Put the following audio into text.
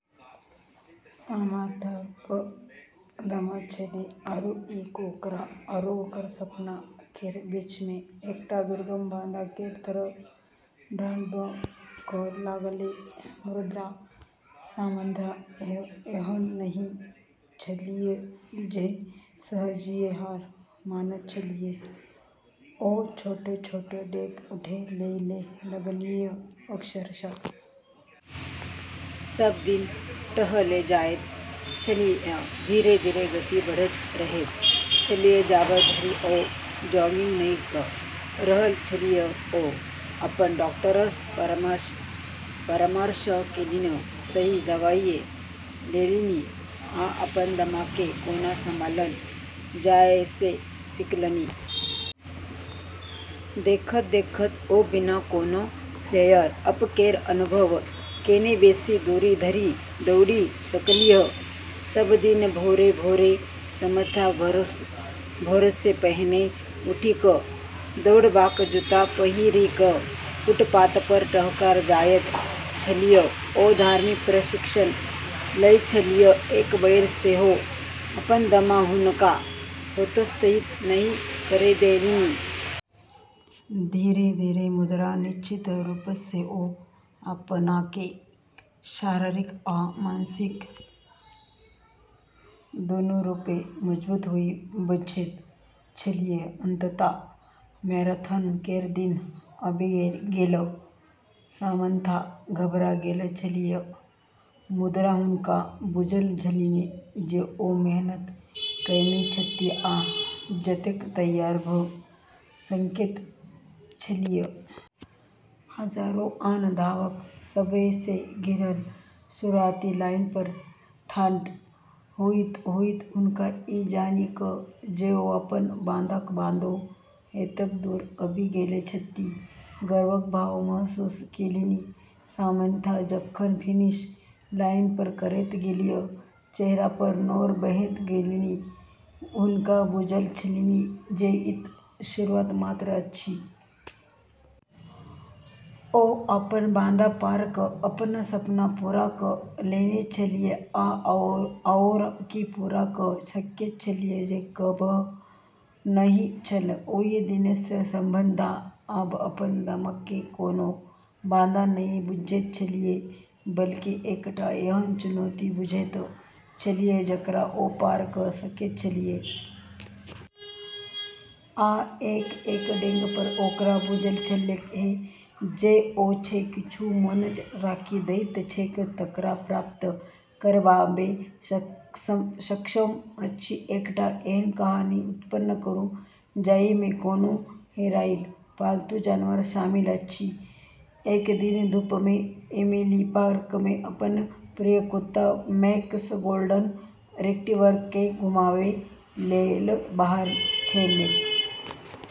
सामन्थाकेँ दमा छेलै, आरू ई ओकरा आरू ओकर सपना केर बीचमे एकटा दुर्गम बाधा केर तरह ठाढ़ भऽ कऽ लागलै। मुदा सामन्था एहन नहि छलीह जे सहजहि हार मानैत छलीह। ओ छोट-छोट डेग उठै लेल लगलीह – अक्षरशः। सब दिन टहलै जाइत छलीह, धीरे-धीरे गति बढ़बैत रहैत छलीह जाबत धरि ओ जॉगिंग नहि कऽ रहल छलीह। ओ अपन डॉक्टरसँ परामर्श केलनि, सही दवाई लऽ लेलनि, आ अपन दमाकेँ कोना संभालल जाए से सीखलनि। देखैत-देखैत, ओ बिना कोनो फ्लेयर-अप केर अनुभव केने बेसी दूरी धरि दौड़ि सकलीह। सब दिन भोरे-भोर सामन्था भोरसँ पहिने उठि कऽ दौड़बाक जूता पहिरि कऽ फुटपाथपर टकरा जाइत छलीह। ओ धार्मिक प्रशिक्षण लैत छलीह, एक बेर सेहो अपन दमा हुनका हतोत्साहित नहि करै देलनि। धीरे-धीरे मुदा निश्चित रूपसँ ओ अपनाकेँ शारीरिक आ मानसिक दूनू रूपेँ मजबूत होइत बुझैत छलीह। अंततः मैराथन केर दिन आबि गेल। सामन्था घबरा गेल छलीह, मुदा हुनका बुझल छलनि जे ओ मेहनत केने छथि आ जतेक तैयार भऽ सकैत छलीह। हजारो आन धावक सभसँ घिरल शुरुआती लाइनपर ठाढ़ होइत-होइत हुनका ई जानि कऽ जे ओ अपन बाधाक बादो एतेक दूर आबि गेल छथि, गर्वक भाव महसूस केलनि। सामन्था जखन फिनिश लाइन पार करैत गेलीह, चेहरापर नोर बहैत गेलनि, हुनका बुझल छलनि जे ई तऽ शुरुआत मात्र अछि। ओ अपन बाधा पार कऽ अपन सपना पूरा कऽ लेने छलीह, आ आओर की पूरा कऽ सकैत छलीह से कहब नहि छल। ओहि दिनसँ सामन्था आब अपन दमाकेँ कोनो बाधा नहि बुझैत छलीह, बल्कि एकटा एहन चुनौती बुझैत छलीह जकरा ओ पार कऽ सकैत छलीह। आ एक-एक डेगपर ओकरा बुझल छलैक जे ओ जे किछु मोन राखि दैत छैक तकरा प्राप्त करबामे सक्षम अछि। एकटा एहन कहानी उत्पन्न करू जाहिमे कोनो हेरायल पालतू जानवर शामिल अछि। एक दिन धूपमे एमिली पार्कमे अपन प्रिय कुत्ता मैक्स, गोल्डन रिट्रीवरकेँ घुमाबै लेल बाहर छेलै।